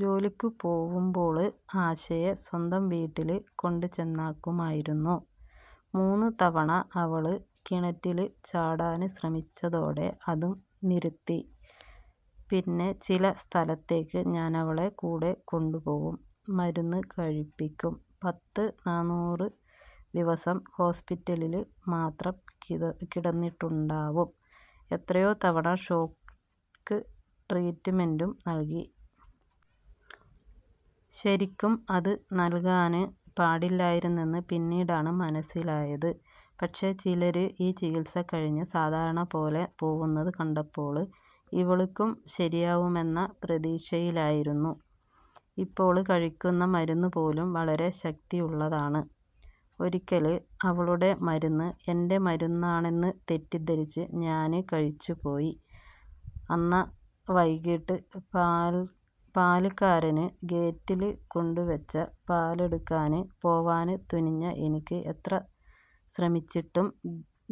ജോലിക്കു പോവുമ്പോള് ആശയെ സ്വന്തം വീട്ടില് കൊണ്ടുചെന്നാക്കുമായിരുന്നു. മൂന്നു തവണ അവള് കിണറ്റില് ചാടാന് ശ്രമിച്ചതോടെ അതും നിര്ത്തി. പിന്നെ ചില സ്ഥലത്തേക്ക് ഞാനവളെ കൂടെ കൊണ്ടുപോവും. മരുന്ന് കഴിപ്പിക്കും. പത്ത് നാനൂറ് ദിവസം ഹോസ്പിറ്റലില് മാത്രം കിടന്നിട്ടുണ്ടാവും. എത്രയോ തവണ ഷോക്ക് ട്രീറ്റ് മെന്റ്ും നല്കി. ശരിക്കും അത് നല്കാന് പാടില്ലായിരുന്നെന്ന് പിന്നീടാണ് മന്സിലായത്. പക്ഷെ ചിലര് ഈ ചികിത്സ കഴിഞ്ഞ് സാധാരണ പോലെ പോവുന്നത് കണ്ടപ്പോള് ഇവള്ക്കും ശരിയാവുമെന്ന പ്രതീക്ഷയിലായിരുന്നു. ഇപ്പോള് കഴിക്കുന്ന മരുന്നു പോലും വളരെ ശക്തിയുള്ളതാണ്. ഒരിക്കല് അവളുടെ മരുന്ന് എന്റെ മരുന്നാണെന്ന് തെറ്റിദ്ധരിച്ച് ഞാന് കഴിച്ചുപോയി. അന്ന വൈകീട്ട് പാല്ക്കാരന് ഗേറ്റില് കൊണ്ടുവെച്ച പാലെടുക്കാന് പോവാന് തുനിഞ്ഞ എനിക്ക് എത്ര ശ്രമിച്ചിട്ടും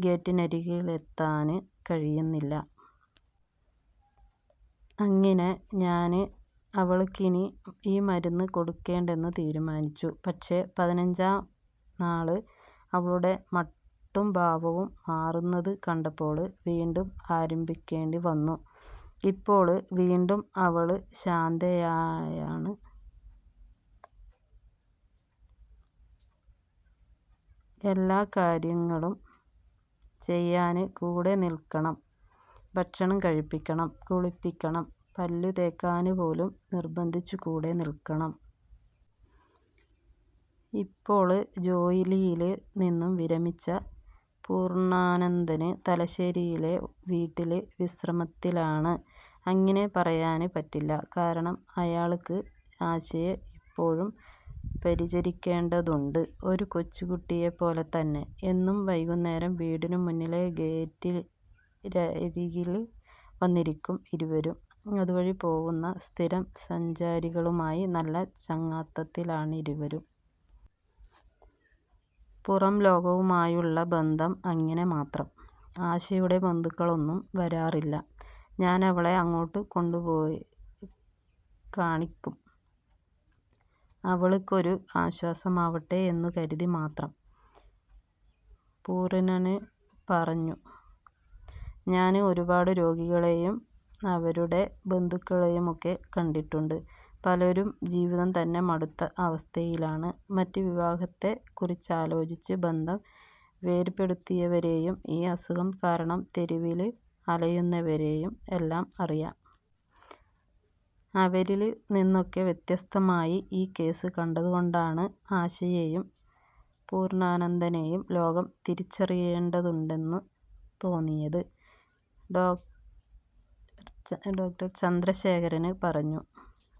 ഗേറ്റിനരികിലെത്താന് കഴിയുന്നില്ല. അങ്ങിനെ ഞാന് അവള്ക്കിനി ഈ മരുന്ന് കൊടുക്കേണ്ടെന്നു തീരുമാനിച്ചു. പക്ഷെ പതിനഞ്ചാം നാള് അവളുടെ മട്ടും ഭാവവും മാറുന്നത് കണ്ടപ്പോള് വീണ്ടും ആരംഭിക്കേണ്ടി വന്നു. ഇപ്പോള് വീണ്ടും അവള് ശാന്തായാണ്. എല്ലാ കാര്യങ്ങളും ചെയ്യാന് കൂടെ നില്ക്കണം. ഭക്ഷണം കഴിപ്പിക്കണം. കുളിപ്പിക്കണം. പല്ലു തേക്കാന് പോലും നിര്ബ്ബന്ധിച്ച് കൂടെ നില്ക്കണം. ഇപ്പോള് ജോലിയില് നിന്നും വിരമിച്ച പൂര്ണ്ണാനന്ദന് തലശ്ശേരിയിലെ വീട്ടില് വിശ്രമത്തിലാണ്. അങ്ങിനെ പറയാന് പറ്റില്ല. കാരണം അയാള്ക്ക് ആശയെ ഇപ്പോഴും പരിചരിക്കേണ്ടതുണ്ട്. ഒരു കൊച്ചുകുട്ടിയെ പോലെ തന്നെ. എന്നും വൈകുന്നേരം വീടിനു മുന്നിലെ ഗേറ്റിരകില് വന്നിരിക്കും ഇരുവരും. അതുവഴി പോവുന്ന സ്ഥിരം സഞ്ചാരികളുമായി നല്ല ചങ്ങാത്തത്തിലാണിരുവരും. പുറംലോകവുമായുള്ള ബന്ധം അങ്ങിനെ മാത്രം. ആശയുടെ ബന്ധുക്കളൊന്നും വരാറില്ല. ഞാനവളെ അങ്ങോട്ട് കൊണ്ടുോപയി കാണിക്കും. അവള്ക്കൊരു ആശ്വാസമാവട്ടെ എന്നു കരുതി മാത്രം. പൂര്ണ്ണന് പറഞ്ഞു. ഞാന് ഒരുപാട് രോഗികളേയും അവരുടെ ബന്ധുക്കളേയുമൊക്കെ കണ്ടിട്ടുണ്ട്. പലരും ജീവിതം തന്നെ മടുത്ത അവസ്ഥയിലാണ്. മറ്റ് വിവാഹത്തെ കുറിച്ചാലോചിച്ച് ബന്ധം വേര്പെടുത്തിയവരേയും ഈ അസുഖം കാരണം തെരുവില് അലയുന്നവരേയും എല്ലാം അറിയാം. അവരില് നിന്നൊക്കെ വ്യത്യസ്തമായി ഈ കേസ് കണ്ടതുകൊണ്ടാണ് ആശയേയും പൂര്ണ്ണാനന്ദനേയും ലോകം തിരിച്ചറിയേണ്ടതുണ്ടെന്നു തോന്നിയത്. ഡോ ചന്ദ്രശേഖരന് പറഞ്ഞു.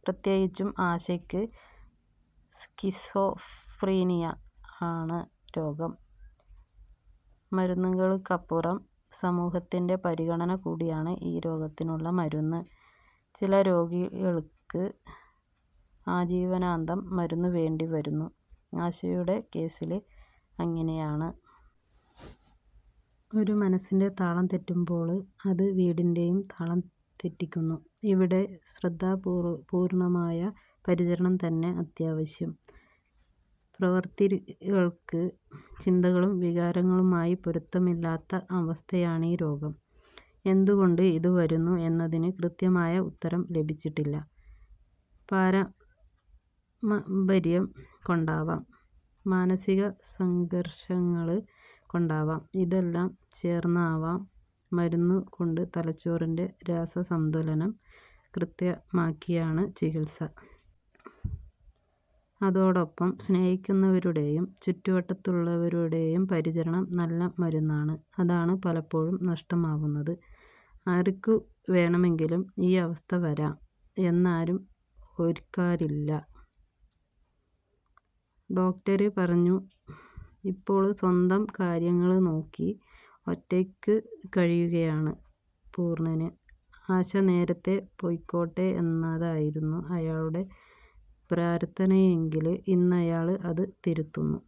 പ്രത്യേകിച്ചും ആശയ്ക്ക് സ്കിസോഫ്രീനിയ ആണ് രോഗം. മരുന്നുകള്ക്കപ്പുറം സമൂഹത്തിന്റെ പരിഗണന കൂടിയാണ് ഈ രോഗത്തിനുള്ള മരുന്ന്. ചില രോഗികള്ക്ക് ആജീവനാന്തം മരുന്നു വേണ്ടി വരുന്നു. ആശയുടെ കേസില് അങ്ങിനെയാണ്. ഒരു മനസ്സിന്റെ താളം തെറ്റുമ്പോള് അത് വീടിന്റെയും താളം തെറ്റിക്കുന്നു. ഇവിടെ ശ്രദ്ധാപൂര്ണമായ പരിചരണം തന്നെ അത്യാവശ്യം. പ്രവൃത്തികള്ക്ക് ചിന്തകളും വികാരങ്ങളുമായി പൊരുത്തമില്ലാത്ത അവസ്ഥയാണീ രോഗം. എന്തുകൊണ്ട് ഇതു വരുന്നു എന്നതിന് കൃത്യമായ ഉത്തരം ലഭിച്ചിട്ടില്ല. പാരമമ്പര്യം കൊണ്ടാവാം, മാനസിക സംഘര്ഘങ്ങള് കൊണ്ടാവാം, ഇതെല്ലാം ചേര്ന്നാവാം. മരുന്നു കൊണ്ട് തലച്ചോറിന്റെ രാസസംതുലനം കൃത്യമാക്കിയാണ് ചികിത്സ. അതോടൊപ്പം സ്നേഹിക്കുന്നവരുടെയും ചുറ്റുവട്ടത്തുള്ളവരുടെയും പരിചരണം നല്ല മരുന്നാണ്. അതാണ് പലപ്പോഴും നഷ്ടമാവുന്നത്. ആര്ക്കു വേണമെങ്കിലും ഈ അവസ്ഥ വരാം എന്നാരും ഓര്ക്കാറില്ല. ഡോക്ടര് പറഞ്ഞു. ഇപ്പോള് സ്വന്തം കാര്യങ്ങള് നോക്കി ഒറ്റയ്ക്ക് കഴിയുകയാണ് പൂര്ണന്. ആശ നേരത്തെ പോയ്ക്കോട്ടെ എന്നതായിരുന്നു അയാളുടെ പ്രാര്ഥനയെങ്കില് ഇന്നയാള് അത് തിരുത്തുന്നു.